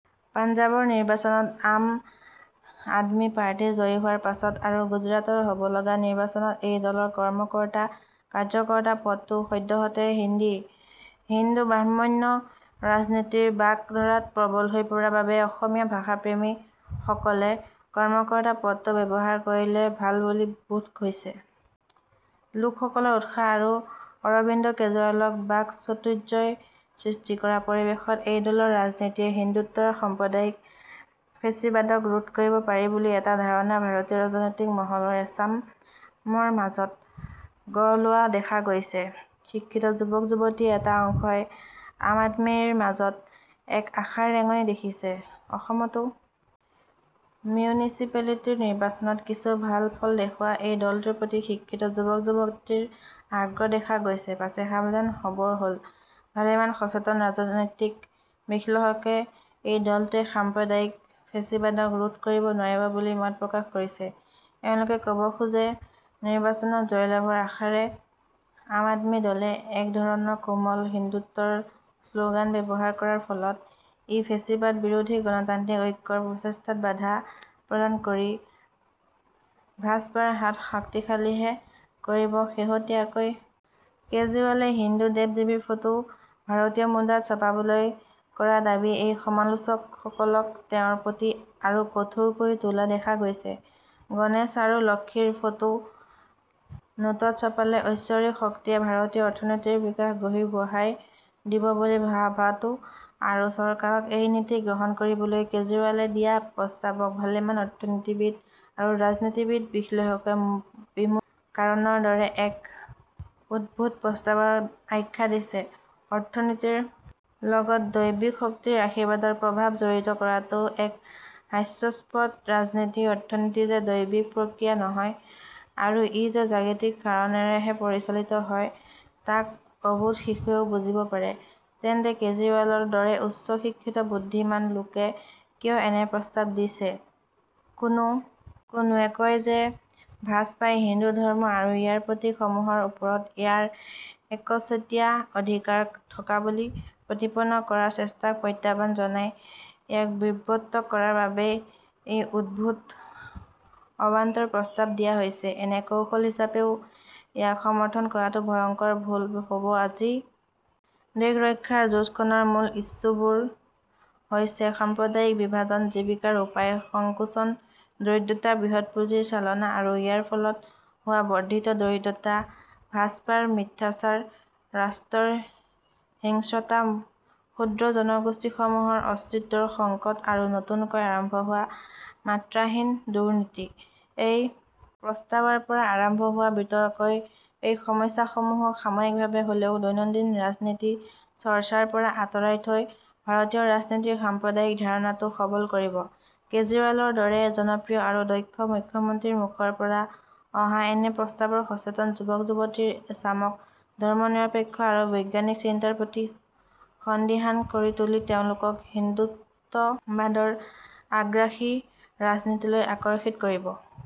পাঞ্জাবৰ নিৰ্বাচনত আম আদমী পাৰ্টি জয়ী হোৱাৰ পাছত আৰু গুজৰাটত হ'ব লগা নিৰ্বাচনত এই দলৰ কৰ্ম-কৰ্তা কাৰ্য-কৰ্তা পদটো সদ্যহতে হিন্দী। হিন্দু-ব্ৰাহ্মণ্য ৰাজনীতিৰ বাক ধাৰাত প্ৰৱল হৈ পৰা বাবে অসমীয়া ভাষা-প্ৰেমী সকলে কৰ্মকৰ্তা পদটো ব্যৱহাৰ কৰিলে ভাল বুলি বোধ হৈছে । লোক সকলৰ উৎসাহ আৰু অৰৱিন্দ কেজৰীৱালৰ বাক চতুৰ্য্যই সৃষ্টি কৰা পৰিৱেশত এই দলৰ ৰাজনীতিয়ে হিন্দুত্বৰ সাম্প্ৰদায়িক ফেচীবাদক ৰোধ কৰিব পাৰিব বুলি এটা ধাৰণা ভাৰতীয় ৰাজনৈতিক মহলৰ এচামৰ মাজত গঢ় লোৱা দেখা গৈছে। শিক্ষিত যুৱক-যুৱতীৰ এটা অংশই আম- আদমীৰ মাজত এক আশাৰ ৰেঙণি দেখিছে। অসমতো মিউনিচিপেলিটিৰ নিৰ্বাচনত কিছু ভাল ফল দেখুৱা এই দলটোৰ প্ৰতি শিক্ষিত যুৱক-যুৱতীৰ আগ্ৰহ দেখা গৈছে। পাছে সাৱধান হ'বৰ হ'ল। ভালেমান সচেতন ৰাজনৈতিক বিশ্লেষকে এই দলটোৱে সাম্প্ৰদায়িক ফেচীবাদক ৰোধ কৰিব নোৱাৰিব বুলি মত প্ৰকাশ কৰিছে। এওঁলোকে কব খোজে নিৰ্বাচনত জয় লাভৰ আশাৰে আম-আদমী দলে এক ধৰণৰ কোমল হিন্দুত্বৰ শ্লোগান ব্যৱহাৰ কৰাৰ ফলত ই ফেচীবাদ বিৰোধী গণতান্ত্ৰিক ঐক্যৰ প্ৰচেষ্টাত বাধা প্ৰদান কৰি ভাজপাৰ হাত শক্তিশালীহে কৰিব। শেহতীয়াকৈ কেজৰিৱালে হিন্দু দেৱ-দেৱীৰ ফটো ভাৰতীয় মুদ্ৰাত ছপাবলৈ কৰা দাবীয়ে এই সমালোচক সকলক তেওঁৰ প্ৰতি আৰু কঠোৰ কৰি তোলা দেখা গৈছে। গণেশ আৰু লক্ষীৰ ফটো নোটত ছপালে ঐশ্বৰিক শক্তিয়ে ভাৰতীয় অৰ্থনীতিৰ বিকাশৰ গতি বঢ়াই দিব বুলি ভৱাটো আৰু চৰকাৰক এই নীতি গ্ৰহণ কৰিবলৈ কেজৰিৱালে দিয়া প্ৰস্তাৱক ভালেমান অৰ্থনীতিবিদ আৰু ৰাজনীতিৰ বিশ্লেষকে বিমুদ্ৰা কৰণৰ দৰেই এক উদ্ভট প্ৰস্তাৱৰ আখ্যা দিছে। অৰ্থনীতিৰ লগত দৈৱিক শক্তিৰ আশীৰ্বাদৰ প্ৰভাৱ জড়িত কৰাটো এক হাস্যাস্পদ ৰাজনীতি-অৰ্থনীতি যে দৈবিক প্ৰক্ৰিয়া নহয় আৰু ই যে জাগতিক কাৰণেৰেহে পৰিচালিত হয় তাক অবোধ শিশুৱেও বুজিব পাৰে। তেন্তে কেজৰীৱালৰ দৰে উচ্চ শিক্ষিত বুদ্ধিমান লোকে কিয় এনে প্ৰস্তাৱ দিছে ।কোনো কোনোৱে কয় যে ভাজপাই হিন্দু ধৰ্ম আৰু ইয়াৰ প্ৰতীক সমূহৰ ওপৰত ইয়াৰ একচেতিয়া অধিকাৰ থকা বুলি প্ৰতিপন্ন কৰাৰ চেষ্টাক প্ৰত্যহ্বান জনাই, ইয়াক বিব্ৰত কৰাৰ বাবেই এই উদ্ভট অবান্তৰ প্ৰস্তাৱ দিয়া হৈছে। এনে কৌশল হিচাপেও ইয়াক সমৰ্থন কৰাটো ভয়ংকৰ ভুল হ'ব। আজি দেশ ৰক্ষাৰ যুঁজ খনৰ মূল ইছ্যুবোৰ হৈছে সাম্প্ৰদায়িক বিভাজন জীৱিকাৰ উপায়ৰ সংকোচন দৰিদ্ৰতা বৃহৎ পুঁজিৰ চলনা আৰু ইয়াৰ ফলত হোৱা বৰ্দ্ধিত দৰিদ্ৰতা ভাজপাৰ মিথ্যাচাৰ ৰাষ্ট্ৰৰ হিংস্ৰতা ক্ষুদ্ৰ জনগোষ্ঠী সমূহৰ অস্তিত্বৰ সংকট আৰু নতুনকৈ আৰম্ভ হোৱা মাত্ৰাহীন দুৰ্নীতি। এই প্ৰস্তাৱৰ পৰা আৰম্ভ হোৱা বিতৰ্কই এই সমস্যা সমূহক সাময়িকভাৱে হ'লেও দৈনন্দিন ৰাজনীতি চৰ্চাৰ পৰা আঁতৰাই থৈ ভাৰতীয় ৰাজনীতিৰ সাম্প্ৰদায়িক ধাৰাটোক সৱল কৰিব। কেজৰীৱালৰ দৰে জনপ্ৰিয় আৰু দক্ষ মুখ্যমন্ত্ৰীৰ মুখৰ পৰা অহা এনে প্ৰস্তাৱে সচেতন যুৱক-যুৱতীৰ এচামক ধৰ্ম নিৰপেক্ষ আৰু বৈজ্ঞানিক চিন্তাৰ প্ৰতি সন্দিহান কৰি তুলি তেওঁলোকক হিন্দুত্ববাদৰ আগ্ৰাসী ৰাজনীতিলৈ আকৰ্ষিত কৰিব।